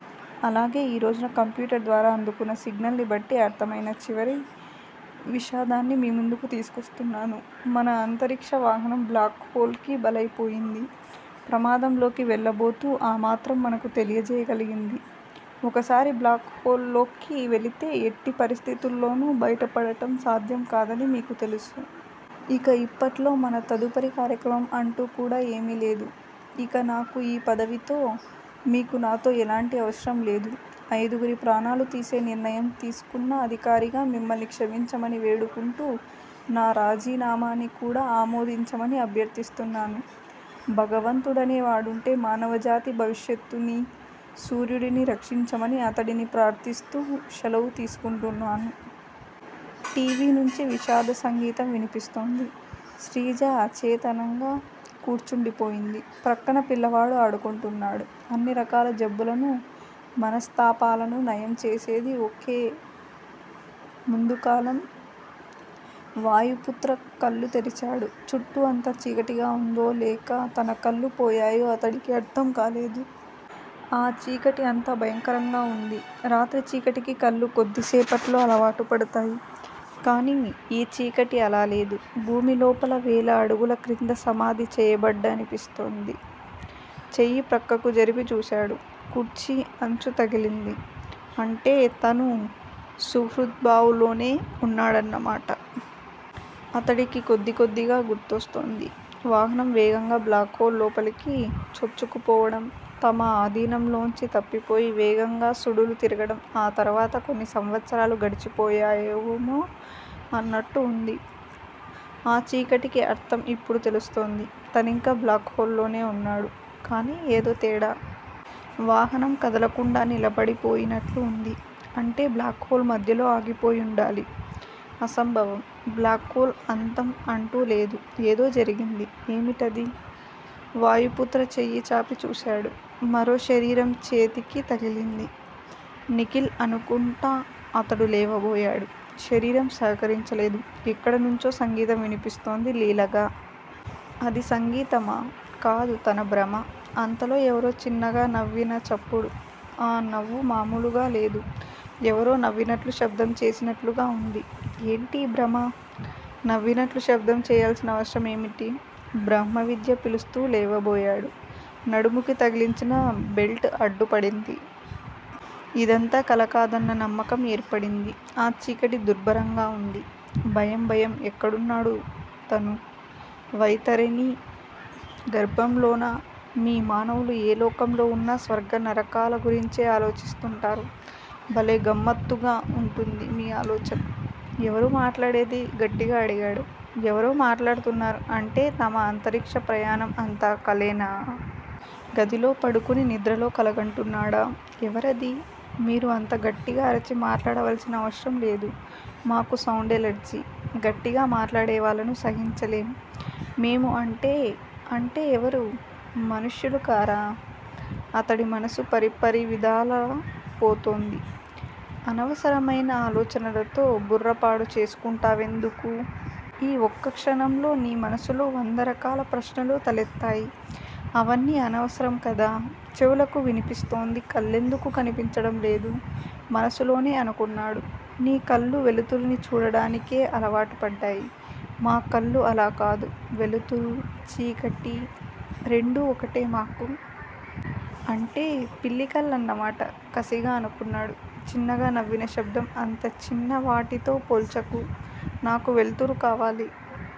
అలాగే ఈ రోజున కంప్యూటర్ ద్వారా అందుకున్న సిగ్నల్ ని బట్టి అర్థమయిన చివరి విషాదాన్ని మీ ముందుకు తీసుకొస్తున్నాను. మన అంతరిక్ష వాహనం బ్లాక్ హొల్ కి బలయిపోయింది. ప్రమాదంలోకి వెళ్ళబోతూ ఆ మాత్రం మనకు తెలియచేయగలిగింది. ఒకసారి బ్లాక్ హొల్ లోకి వెళితే ఎట్టి పరిస్థితుల్లోనూ బయటపడటం సాధ్యం కాదని మీకు తెలుసు. ఇక ఇప్పట్లో మన తదుపరి కార్యక్రమం అంటూ కూడా ఏమీ లేదు. ఇక నాకు ఈ పదవితో, మీకు నాతో ఎలాంటి అవసరంలేదు. ఐదుగురి ప్రాణాలు తీసే నిర్ణయం తీసుకున్న అధికారిగా మిమ్మల్ని క్షమించమని వేడుకుంటూ నా రాజీనామాని కూడా ఆమోదించమని అభ్యర్థిస్తున్నాను. భగవంతుడనే వాడుంటే మానవజాతి భవిష్యత్తునీ, సూర్యుడినీ రక్షించమని అతడిని ప్రార్థిస్తూ శలవు తీసుకుంటున్నాను. టి. వి. నుంచి విషాద సంగీతం వినిపిస్తోంది. శ్రీజ అచేతనంగా కూర్చుండిపోయింది. ప్రక్కన పిల్లవాడు ఆడుకుంటున్నాడు. అన్ని రకాల జబ్బులను మనస్తాపాలను నయం చేసేది ఒకే ముందు-కాలం. వాయుపుత్ర కళ్ళు తెరిచాడు. చుట్టూ అంతా చీకటిగా వుందో లేక తనకళ్ళు పోయాయో అతడికి అర్థం కాలేదు. ఆ చీకటి అంత భయంకరంగా వుంది. రాత్రి చీకటికి కళ్ళు కొద్దిసేపట్లో అలవాటు పడతాయి. కానీ ఈ చీకటి అలా లేదు. భూమి లోపల వేల అడుగుల క్రింద సమాధి చేయబడ్డనిపిస్తోంది. చెయ్యి ప్రక్కకు జరిపి చూశాడు. కుర్చీ అంచు తగిలింది. అంటే తను సుహృద్భావ్ లోనే వున్నాడన్నమాట. అతడికి కొద్దికొద్దిగా గుర్తొస్తోంది. వాహనం వేగంగా బ్లాక్ హొల్ లోపలికి చొచ్చుకుపోవడం, తమ ఆధీనంలోంచి తప్పిపోయి వేగంగా సుడులు తిరగడం ఆ తర్వాత కొన్ని సంవత్సరాలు గడిచిపోయాయేమో అన్నట్టు వుంది. ఆ చీకటికి అర్థం యిప్పుడు తెలుస్తోంది. తనింకా బ్లాక్ హొల్ లోనే వున్నాడు. కాని ఏదో తేడా! వాహనం కదలకుండా నిలబడిపోయినట్లు వుంది. అంటే బ్లాక్ హొల్ మధ్యలో ఆగిపోయుండాలి- అసంభవం. బ్లాక్ హొల్ అంతం అంటూ లేదు. ఏదో జరిగింది. ఏమిటది? వాయుపుత్ర చెయ్యి చాపి చూశాడు. మరో శరీరం చేతికి తగిలింది. నిఖిల్ అనుకుంటా అతడు లేవబోయాడు. శరీరం సహకరించలేదు. ఎక్కడనుంచో సంగీతం వినిపిస్తోంది లీలగా. అది సంగీతమా? కాదు తన భ్రమ. అంతలో ఎవరో చిన్నగా నవ్విన చప్పుడు. ఆ నవ్వు మామూలుగా లేదు. ఎవరో నవ్వినట్లు శబ్దం చేసినట్లుగా వుంది. ఏంటీ భ్రమ? నవ్వినట్లు శబ్దం చేయాల్సిన అవసరం ఏమిటి? బ్రహ్మవిద్యా పిలుస్తూ లేవబోయాడు. నడుముకి తగిలించిన బెల్టు అడ్డు పడింది. ఇదంతా కలకాదన్న నమ్మకం ఏర్పడింది. ఆ చీకటి దుర్భరంగా వుంది. భయం భయం ఎక్కడున్నాడు తను? వైతరణీ గర్భంలోనా? మీ మానవులు ఏ లోకంలో వున్నా స్వర్గ నరకాల గురించే ఆలోచిస్తుంటారు. భలే గమ్మత్తుగా వుంటుంది మీ ఆలోచన. ఎవరు మాట్లాడేది? గట్టిగా అడిగాడు. ఎవరో మాట్లాడుతున్నారు అంటే తమ అంతరిక్ష ప్రయాణం అంతా కలేనా? గదిలో పడుకుని నిద్రలో కలగంటున్నాడా? ఎవరది? మీరు అంత గట్టిగా అరచి మాట్లాడవలసిన అవసరం లేదు. మాకు సౌండ్ ఎలర్జీ. గట్టిగా మాట్లాడేవాళ్ళను సహించలేం. మేము అంటే అంటే ఎవరు? మనుష్యులు కారా? అతడి మనసు పరిపరివిధాల పోతోంది. అనవసరమైన ఆలోచనలతో బుర్ర పాడు చేసుకుంటావెందుకు? ఈ ఒక్కక్షణంలో నీ మనసులో వంద రకాల ప్రశ్నలు తలెత్తాయి. అవన్నీ అనవసరం కదా. చెవులకి వినిపిస్తోంది కళ్ళెందుకు కనిపించడం లేదు? మనసులోనే అనుకున్నాడు. నీ కళ్ళు వెలుతురిని చూడడానికే అలవాటు పడ్డాయి. మా కళ్ళు అలా కాదు. వెలుతురూ. చీకటి రెండూ ఒకటే మాకు. అంటే పిల్లి కళ్ళన్నమాట కసిగా అనుకున్నాడు. చిన్నగా నవ్విన శబ్దం అంత చిన్న వాటితో పోల్చకు. నాకు వెలుతురు కావాలి